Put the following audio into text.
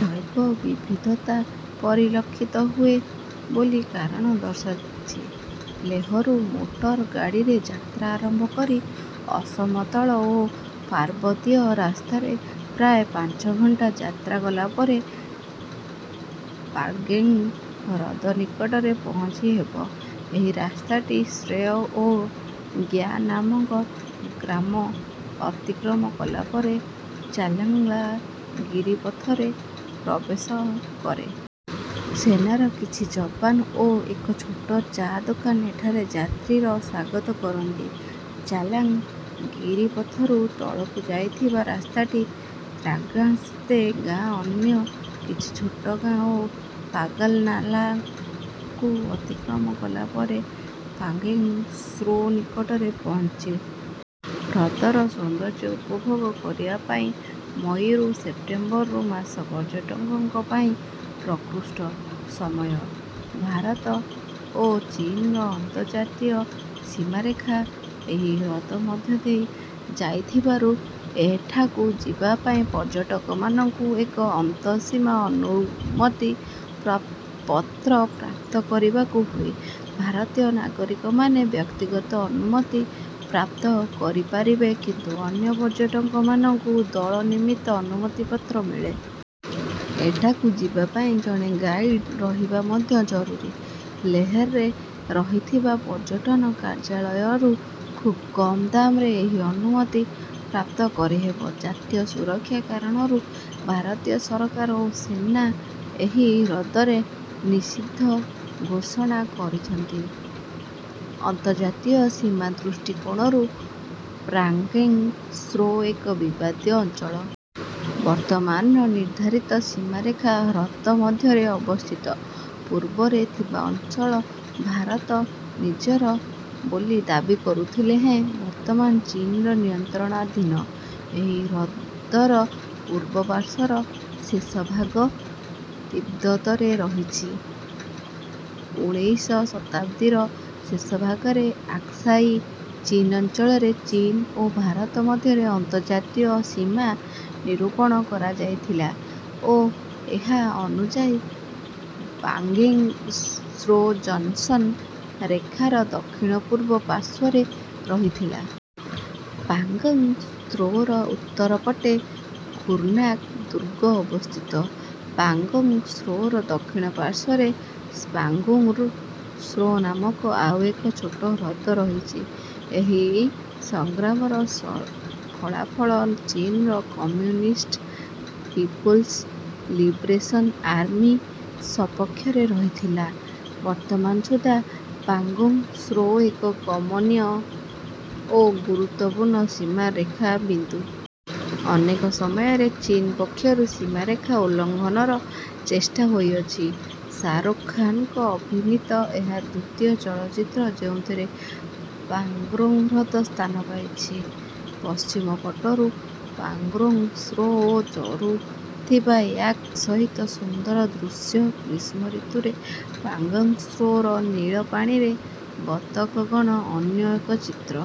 ଜୈବ ବିବିଧତା ପରିଲକ୍ଷିତ ହୁଏ ବୋଲି କାରଣ ଦର୍ଶାଯାଇଛି। ଲେହରୁ ମୋଟର ଗାଡିରେ ଯାତ୍ରା ଆରମ୍ଭ କରି ଅସମତଳ ଓ ପାର୍ବତୀୟ ରାସ୍ତାରେ ପ୍ରାୟ ପାଞ୍ଚ ଘଣ୍ଟା ଯାତ୍ରା କଲାପରେ ପାଂଗୋଂଗ୍ ହ୍ରଦ ନିକଟରେ ପହଞ୍ଚି ହେବ। ଏହି ରାସ୍ତାଟି ଶେୟ୍ ଓ ଗ୍ୟା ନାମକ ଗ୍ରାମ ଅତିକ୍ରମ କଲାପରେ ଚାଂଗ୍ଲା ଗିରିପଥ ରେ ପ୍ରବେଶ କରେ। ସେନାର କିଛି ଜବାନ ଓ ଏକ ଛୋଟ ଚା ଦୋକାନ ଏଠାରେ ଯାତ୍ରୀର ସ୍ୱାଗତ କରନ୍ତି। ଚାଂଗ୍ଲା ଗିରିପଥରୁ ତଳକୁ ଯାଇଥିବା ରାସ୍ତାଟି ତାଂଗ୍ସତେ ଗାଁ ଅନ୍ୟ କିଛି ଛୋଟ ଗାଁ ଓ ପାଗଲ୍ ନାଲା କୁ ଅତିକ୍ରମ କଲାପରେ ପାଂଗୋଂଗ୍ ତ୍ସୋ ନିକଟରେ ପହଞ୍ଚେ। ହ୍ରଦର ସୌନ୍ଦର୍ଯ୍ୟ ଉପଭୋଗ କରିବା ପାଇଁ ମଇରୁ ସେପ୍ଟେମ୍ବର୍ ମାସ ପର୍ଯ୍ୟଟକଙ୍କ ପାଇଁ ପ୍ରକୃଷ୍ଟ ସମୟ। ଭାରତ ଓ ଚୀନର ଅନ୍ତର୍ଯାତୀୟ ସୀମାରେଖା ଏହି ହ୍ରଦ ମଧ୍ୟଦେଇ ଯାଇଥିବାରୁ ଏଠାକୁ ଯିବାପାଇଁ ପର୍ଯ୍ୟଟକମାନଙ୍କୁ ଏକ ଅନ୍ତଃସୀମା ଅନୁମତି ପତ୍ର ପ୍ରାପ୍ତ କରିବାକୁ ହୁଏ। ଭାରତୀୟ ନାଗରିକମାନେ ବ୍ୟକ୍ତିଗତ ଅନୁମତି ପ୍ରାପ୍ତ କରିପାରିବେ କିନ୍ତୁ ଅନ୍ୟ ପର୍ଯ୍ୟଟକମାନଙ୍କୁ ଦଳ ନିମିତ୍ତ ଅନୁମତି ପତ୍ର ମିଳେ। ଏଠାକୁ ଯିବାପାଇଁ ଜଣେ ଗାଇଡ୍ ରହିବା ମଧ୍ୟ ଜରୁରୀ। ଲେହରେ ରହିଥିବା ପର୍ଯ୍ୟଟନ କାର୍ଯ୍ୟାଳୟରୁ ଖୁବ୍ କମ୍ ଦାମରେ ଏହି ଅନୁମତି ପ୍ରାପ୍ତ କରିହେବ। ଜାତୀୟ ସୁରକ୍ଷା କାରଣରୁ ଭାରତୀୟ ସରକାର ଓ ସେନା ଏହି ହ୍ରଦରେ ନିଷିଦ୍ଧ ଘୋଷଣା କରିଛନ୍ତି। ଅନ୍ତର୍ଯାତୀୟ ସୀମା ଦୃଷ୍ଟିକୋଣରୁ ପାଂଗୋଂଗ୍ ତ୍ସୋ ଏକ ବିବାଦୀୟ ଅଞ୍ଚଳ। ବର୍ତ୍ତମାନର ନିର୍ଦ୍ଧାରିତ ସୀମାରେଖା ହ୍ରଦ ମଧ୍ୟରେ ଅବସ୍ଥିତ। ପୂର୍ବରେ ଥିବା ଅଞ୍ଚଳ ଭାରତ ନିଜର ବୋଲି ଦାବୀ କରୁଥିଲେ ହେଁ ବର୍ତ୍ତମାନ ଚୀନର ନିୟନ୍ତ୍ରଣାଧୀନ। ଏହି ହ୍ରଦର ପୂର୍ବପାର୍ଶ୍ୱର ଶେଷଭାଗ ତିବ୍ୱତରେ ରହିଛି। ଉଣେଇଶ ଶତାବ୍ଦୀର ଶେଷଭାଗରେ ଅକ୍ସାଇ ଚୀନ ଅଞ୍ଚଳରେ ଚୀନ ଓ ଭାରତ ମଧ୍ୟରେ ଅନ୍ତର୍ଜାତୀୟ ସୀମା ନିରୂପଣ କରାଯାଇଥିଲା ଓ ଏହା ଅନୁଯାୟୀ ପାଂଗୋଂଗ୍ ତ୍ସୋ ଜନସନ୍ ରେଖାର ଦକ୍ଷିଣପୂର୍ବ ପାର୍ଶ୍ୱରେ ରହିଥିଲା। ପାଂଗୋଂଗ୍ ତ୍ସୋର ଉତ୍ତର ପଟେ ଖୁରନାକ୍ ଦୁର୍ଗ ଅବସ୍ଥିତ। ପାଂଗୋଂଗ୍ ତ୍ସୋର ଦକ୍ଷିଣ ପାର୍ଶ୍ୱରେ ସ୍ପାଂଗୁର୍ ତ୍ସୋ ନାମକ ଆଉ ଏକ ଛୋଟ ହ୍ରଦ ରହିଛି। ଏହି ସଂଗ୍ରାମର ଫଳାଫଳ ଚୀନର କମ୍ୟୁନିଷ୍ଟ୍ ପିପୁଲସ୍ ଲିବରେସନ୍ ଆର୍ମି ସପକ୍ଷରେ ରହିଥିଲା। ବର୍ତ୍ତମାନ ସୁଦ୍ଧା ପାଂଗୋଂଗ୍ ତ୍ସୋ ଏକ କମନୀୟ ଓ ଗୁରୁତ୍ତ୍ୱପୂର୍ଣ୍ଣ ସୀମାରେଖା ବିନ୍ଦୁ। ଅନେକ ସମୟରେ ଚୀନ ପକ୍ଷରୁ ସୀମାରେଖା ଉଲ୍ଲଂଘନର ଚେଷ୍ଟା ହୋଇଅଛି। ଶାରୁ ଖାନଙ୍କ ଅଭିନୀତ ଏହା ଦ୍ୱିତୀୟ ଚଳଚ୍ଚିତ୍ର ଯେଉଁଥିରେ ପାଂଗୋଂଗ୍ ହ୍ରଦ ସ୍ଥାନ ପାଇଛି। ପଶ୍ଚିମ ପଟରୁ ପାଂଗୋଂଗ୍ ତ୍ସୋ ଓ ଚରୁଥିବା ୟାକ୍ ସହିତ ସୁନ୍ଦର ଦୃଶ୍ୟ । ଗ୍ରୀଷ୍ମଋତୁରେ ପାଂଗୋଂଗ୍ ତ୍ସୋର ନୀଳ ପାଣିରେ ବତକଗଣ ଅନ୍ୟ ଏକ ଚିତ୍ର ।